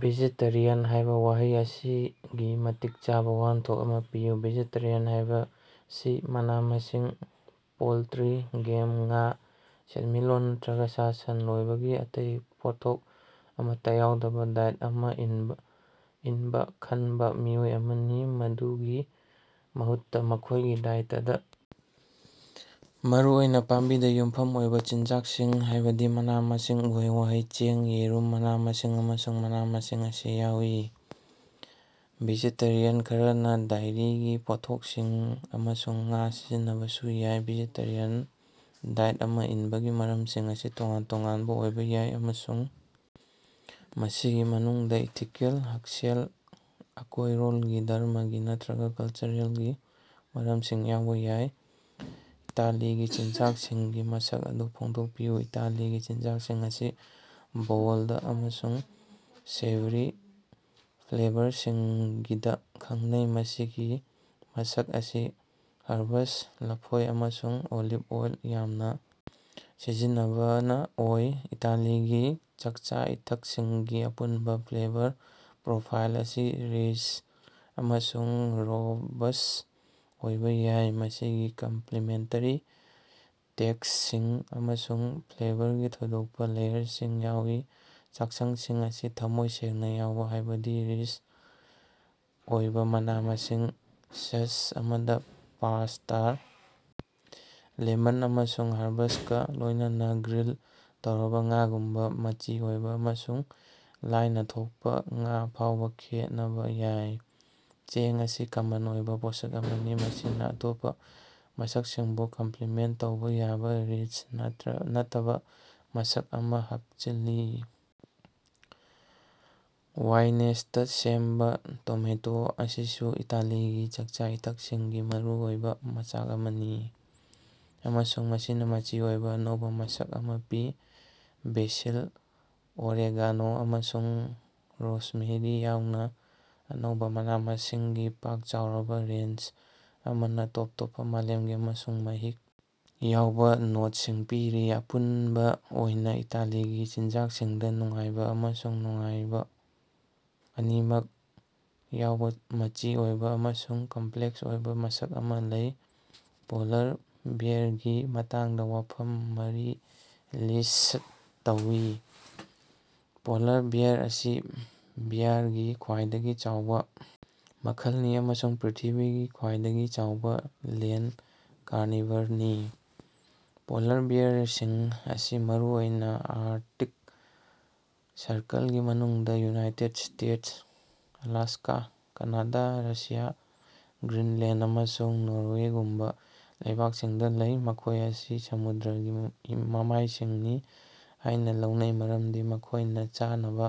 Vegetarian ꯍꯥꯏꯕ ꯋꯥꯍꯩ ꯑꯁꯤꯒꯤ ꯃꯇꯤꯛ ꯆꯥꯕ ꯋꯥꯍꯟꯊꯣꯛ ꯑꯃ ꯄꯤꯌꯨ꯫ ꯚꯦꯖꯦꯇꯦꯔꯤꯌꯥꯟ ꯍꯥꯏꯕꯁꯤ ꯃꯅꯥ-ꯃꯁꯤꯡ, ꯄꯣꯜꯇ꯭ꯔꯤ, ꯒꯦꯝ, ꯉꯥ, ꯁꯦꯜꯃꯤꯠꯂꯣꯟ ꯅꯠꯇ꯭ꯔꯒ ꯁꯥ-ꯁꯟ ꯂꯣꯏꯕꯒꯤ ꯑꯇꯩ ꯄꯣꯠꯊꯣꯛ ꯑꯃꯠꯇ ꯌꯥꯎꯗꯕ ꯗꯥꯏꯠ ꯑꯃ ꯏꯟꯕ ꯈꯟꯕ ꯃꯤꯑꯣꯏ ꯑꯃꯅꯤ꯫ ꯃꯗꯨꯒꯤ ꯃꯍꯨꯠꯇ, ꯃꯈꯣꯏꯒꯤ ꯗꯥꯏꯇꯗ ꯃꯔꯨꯑꯣꯏꯅ ꯄꯥꯝꯕꯤꯗ ꯌꯨꯝꯐꯝ ꯑꯣꯏꯕ ꯆꯤꯟꯖꯥꯛꯁꯤꯡ ꯍꯥꯏꯗꯤ ꯃꯅꯥ-ꯃꯁꯤꯡ, ꯎꯍꯩ-ꯋꯥꯍꯩ, ꯆꯦꯡ, ꯌꯦꯔꯨꯝ, ꯃꯅꯥ-ꯃꯁꯤꯡ, ꯑꯃꯁꯨꯡ ꯃꯅꯥ-ꯃꯁꯤꯡ ꯑꯁꯤ ꯌꯥꯎꯏ꯫ ꯚꯦꯖꯦꯇꯦꯔꯤꯌꯥꯟ ꯈꯔꯅ ꯗꯥꯏꯔꯤꯒꯤ ꯄꯣꯠꯊꯣꯛꯁꯤꯡ ꯑꯃꯁꯨꯡ ꯉꯥ ꯁꯤꯖꯤꯟꯅꯕꯁꯨ ꯌꯥꯏ꯫ ꯚꯦꯖꯦꯇꯦꯔꯤꯌꯥꯟ ꯗꯥꯏꯠ ꯑꯃ ꯏꯟꯕꯒꯤ ꯃꯔꯝꯁꯤꯡ ꯑꯁꯤ ꯇꯣꯉꯥꯟ-ꯇꯣꯉꯥꯟꯕ ꯑꯣꯏꯕ ꯌꯥꯏ꯫ ꯑꯃꯁꯨꯡ ꯃꯁꯤꯒꯤ ꯃꯅꯨꯡꯗ ꯏꯊꯤꯀꯦꯜ, ꯍꯛꯁꯦꯜ, ꯑꯀꯣꯏꯔꯣꯜꯒꯤ, ꯙꯔꯝꯃꯒꯤ ꯅꯠꯇ꯭ꯔꯒ ꯀꯜꯆꯔꯒꯤ ꯃꯔꯝꯁꯤꯡ ꯌꯥꯎꯕ ꯌꯥꯏ꯫ ꯏꯇꯥꯂꯤꯒꯤ ꯆꯤꯟꯖꯥꯛꯁꯤꯡꯒꯤ ꯃꯁꯛ ꯑꯗꯨ ꯐꯣꯡꯗꯣꯛꯄꯤꯌꯨ꯫ ꯏꯇꯥꯂꯤꯒꯤ ꯆꯤꯟꯖꯥꯛꯁꯤꯡ ꯑꯁꯤ ꯕꯣꯜꯗ ꯑꯃꯁꯨꯡ ꯁꯦꯚꯔꯤ ꯐ꯭ꯂꯦꯕꯔꯁꯤꯡꯒꯤꯗ ꯈꯪꯅꯩ, ꯃꯁꯤꯒꯤ ꯃꯁꯛ ꯑꯁꯤ ꯍꯔꯕꯁ, ꯂꯐꯣꯏ ꯑꯃꯁꯨꯡ ꯑꯣꯂꯤꯚ ꯑꯣꯏꯜ ꯌꯥꯝꯅ ꯁꯤꯖꯤꯟꯅꯕꯅ ꯑꯣꯏ꯫ ꯏꯇꯥꯂꯤꯒꯤ ꯆꯥꯛꯆꯥ-ꯏꯊꯛꯁꯤꯡꯒꯤ ꯑꯄꯨꯟꯕ ꯐ꯭ꯂꯦꯕꯔ ꯄ꯭ꯔꯣꯐꯥꯏꯜ ꯑꯁꯤ ꯔꯤꯆ ꯑꯃꯁꯨꯡ ꯔꯣꯕꯁ꯭ꯠ ꯑꯣꯏꯕꯥ ꯌꯥꯏ꯫ ꯃꯁꯤꯗ ꯀꯝꯄꯂꯤꯃꯦꯟꯇꯦꯔꯤ ꯇꯦꯁ꯭ꯇꯁꯤꯡ ꯑꯃꯁꯨꯡ ꯐ꯭ꯂꯦꯕꯔꯒꯤ ꯊꯣꯏꯗꯣꯛꯄ ꯂꯦꯌꯔꯁꯤꯡ ꯌꯥꯎꯏ꯫ ꯆꯥꯛꯁꯪꯁꯤꯡ ꯑꯁꯤ ꯊꯃꯣꯏ ꯁꯦꯡꯅ ꯌꯥꯎꯕ, ꯍꯥꯏꯕꯗꯤ ꯔꯤꯆ ꯑꯣꯏꯕ ꯃꯅꯥ-ꯃꯁꯤꯡꯒꯤ ꯁꯁ ꯑꯃꯗ ꯄꯥꯁ꯭ꯇꯥꯔ, ꯂꯦꯃꯟ ꯑꯃꯁꯨꯡ ꯍꯔꯕꯁꯀꯥ ꯂꯣꯏꯅꯅ ꯒ꯭ꯔꯤꯜ ꯇꯧꯔꯕ ꯉꯥꯒꯨꯝꯕ ꯃꯆꯤ ꯑꯣꯏꯕ ꯑꯃꯁꯨꯡ ꯂꯥꯏꯅ ꯊꯣꯛꯄ ꯉꯥ ꯐꯥꯎꯕ ꯈꯦꯠꯅꯕ ꯌꯥꯏ꯫ ꯆꯦꯡ ꯑꯁꯤ ꯀꯃꯟ ꯑꯣꯏꯕ ꯄꯣꯠꯁꯛ ꯑꯃꯅꯤ꯫ ꯃꯁꯤꯅ ꯑꯇꯣꯞꯄ ꯃꯁꯛꯁꯤꯡꯕꯨ ꯀꯝꯞꯂꯤꯃꯦꯟꯇ ꯇꯧꯕ ꯌꯥꯕ ꯔꯤꯆ, ꯅꯠꯇꯕ ꯃꯁꯛ ꯑꯃ ꯍꯥꯄꯆꯤꯜꯂꯤ꯫ ꯋꯥꯏꯅꯦꯁꯇ ꯁꯦꯝꯕ ꯇꯣꯃꯦꯇꯣ ꯑꯁꯤꯁꯨ ꯏꯇꯥꯂꯤꯒꯤ ꯆꯥꯛꯆꯥ-ꯏꯊꯛꯁꯤꯡꯒꯤ ꯃꯔꯨꯑꯣꯏꯕ ꯃꯆꯥꯛ ꯑꯃꯅꯤ꯫ ꯑꯃꯁꯨꯡ ꯃꯁꯤꯅ ꯃꯆꯤ ꯑꯣꯏꯕ ꯑꯅꯧꯕ ꯃꯁꯛ ꯑꯃ ꯄꯤ꯫ ꯕꯦꯁꯤꯜ, ꯑꯣꯔꯦꯒꯥꯅꯣ, ꯑꯃꯁꯨꯡ ꯔꯣꯁꯃꯦꯔꯤ ꯌꯥꯎꯅ ꯑꯅꯧꯕ ꯃꯅꯥ-ꯃꯁꯤꯡꯒꯤ ꯄꯥꯛ ꯆꯥꯎꯔꯕ ꯔꯦꯟꯖ ꯑꯃꯅ ꯇꯣꯞ ꯇꯣꯞꯄ ꯃꯥꯂꯦꯝꯒꯤ ꯑꯃꯁꯨꯡ ꯃꯍꯤꯛ ꯌꯥꯎꯕ ꯅꯣꯠꯁꯤꯡ ꯄꯤꯔꯤ꯫ ꯑꯄꯨꯟꯕ ꯑꯣꯏꯅ ꯏꯇꯥꯂꯤꯒꯤ ꯆꯤꯟꯖꯥꯛꯁꯤꯡꯗ ꯅꯨꯡꯉꯥꯏꯕ ꯑꯃꯁꯨꯡ ꯅꯨꯡꯉꯥꯏꯕ ꯑꯅꯤꯃꯛ ꯌꯥꯎꯕ ꯃꯆꯤ ꯑꯣꯏꯕ ꯑꯃꯁꯨꯡ ꯀꯝꯞꯂꯦꯛꯁ ꯑꯣꯏꯕ ꯃꯁꯛ ꯑꯃ ꯂꯩ꯫ ꯄꯣꯂꯔ ꯕꯦꯌꯥꯔꯒꯤ ꯃꯇꯥꯡꯗ ꯋꯥꯐꯝ ꯃꯔꯤ ꯂꯤꯁ꯭ꯠ ꯇꯧ꯫ ꯄꯣꯂꯥꯔ ꯕꯦꯌꯥꯔ ꯑꯁꯤ ꯕꯦꯌꯥꯔꯒꯤ ꯈ꯭ꯋꯥꯏꯗꯒꯤ ꯆꯥꯎꯕ ꯃꯈꯜꯅꯤ ꯑꯃꯁꯨꯡ ꯄ꯭ꯔ꯭ꯤꯊꯤꯕꯤꯒꯤ ꯈ꯭ꯋꯥꯏꯗꯒꯤ ꯆꯥꯎꯕ ꯂꯦꯟꯗ ꯀꯥꯔꯅꯤꯚꯔꯅꯤ꯫ ꯄꯣꯂꯥꯔ ꯕꯦꯌꯥꯔꯁꯤꯡ ꯑꯁꯤ ꯃꯔꯨꯑꯣꯏꯅ ꯑꯥꯔꯛꯇꯤꯛ ꯁꯔꯀꯜꯒꯤ ꯃꯅꯨꯡꯗ United States (Alaska), Canada, Russia, Greenland, ꯑꯃꯁꯨꯡ ꯅꯣꯔꯋꯦꯒꯨꯝꯕ ꯂꯩꯕꯥꯛꯁꯤꯡꯗ ꯂꯩ꯫ ꯃꯈꯣꯏ ꯑꯁꯤ ꯁꯃꯨꯗ꯭ꯔꯒꯤ ꯃꯃꯥꯏꯁꯤꯡꯅꯤ ꯍꯥꯏꯅ ꯂꯧꯅꯩ ꯃꯔꯝꯗꯤ ꯃꯈꯣꯏꯅ ꯆꯥꯅꯕ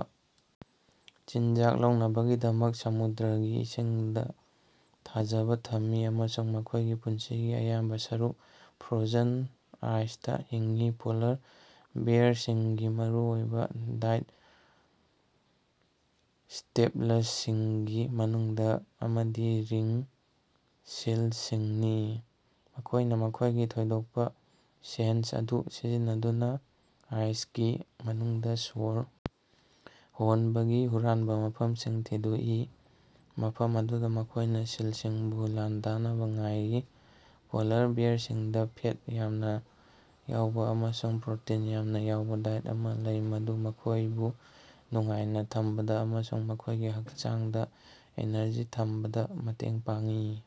ꯆꯤꯟꯖꯥꯛ ꯂꯧꯅꯕꯒꯤꯗꯃꯛ ꯁꯃꯨꯗ꯭ꯔꯒꯤ ꯏꯁꯤꯡꯗ ꯊꯥꯖꯕ ꯊꯝꯃꯤ ꯫ ꯑꯃꯁꯨꯡ ꯃꯈꯣꯏꯒꯤ ꯄꯨꯟꯁꯤꯒꯤ ꯑꯌꯥꯝꯕ ꯁꯔꯨꯛ ꯐ꯭ꯔꯣꯖꯟ ꯑꯥꯏꯁꯇꯥ ꯍꯤꯡꯏ꯫ ꯄꯣꯂꯥꯔ ꯕꯦꯌꯥꯔꯁꯤꯡꯒꯤ ꯃꯔꯨꯑꯣꯏꯕ ꯗꯥꯏꯠ ꯁ꯭ꯇꯦꯄꯂꯁꯤꯡꯒꯤ ꯃꯅꯨꯡꯗ ꯑꯃꯗꯤ ꯔꯤꯡ ꯁꯤꯜꯁꯤꯡꯅꯤ꯫ ꯃꯈꯣꯏꯅ ꯃꯈꯣꯏꯒꯤ ꯊꯣꯏꯗꯣꯛꯄ ꯁꯦꯟꯁ ꯑꯗꯨ ꯁꯤꯖꯤꯟꯅꯗꯨꯅ ꯑꯥꯏꯁꯀꯤ ꯃꯅꯨꯡꯗ ꯁ꯭ꯋꯔ ꯍꯣꯟꯕꯒꯤ ꯍꯨꯔꯥꯟꯕ ꯃꯐꯝꯁꯤꯡ ꯊꯤꯗꯣꯛꯏ꯫ ꯃꯐꯝ ꯑꯗꯨꯗ ꯃꯈꯣꯏꯅ ꯁꯤꯜꯁꯤꯡꯕꯨ ꯂꯥꯟꯗꯥꯅꯕ ꯉꯥꯏꯔꯤ꯫ ꯄꯣꯂꯥꯔ ꯕꯦꯌꯥꯔꯁꯤꯡꯗ ꯐꯦꯠ ꯌꯥꯝꯅ ꯌꯥꯎꯕ ꯑꯃꯁꯨꯡ ꯄ꯭ꯔꯣꯇꯤꯟ ꯌꯥꯝꯅ ꯌꯥꯎꯕ ꯗꯥꯏꯠ ꯑꯃ ꯂꯩ꯫ ꯃꯗꯨꯅ ꯃꯈꯣꯏꯕꯨ ꯅꯨꯡꯉꯥꯏꯅ ꯊꯝꯕꯗ ꯑꯃꯁꯨꯡ ꯃꯈꯣꯏꯒꯤ ꯍꯛꯆꯥꯡꯗ ꯑꯦꯅꯔꯖꯤ ꯊꯝꯕꯗ ꯃꯇꯦꯡ ꯄꯥꯡꯏ꯫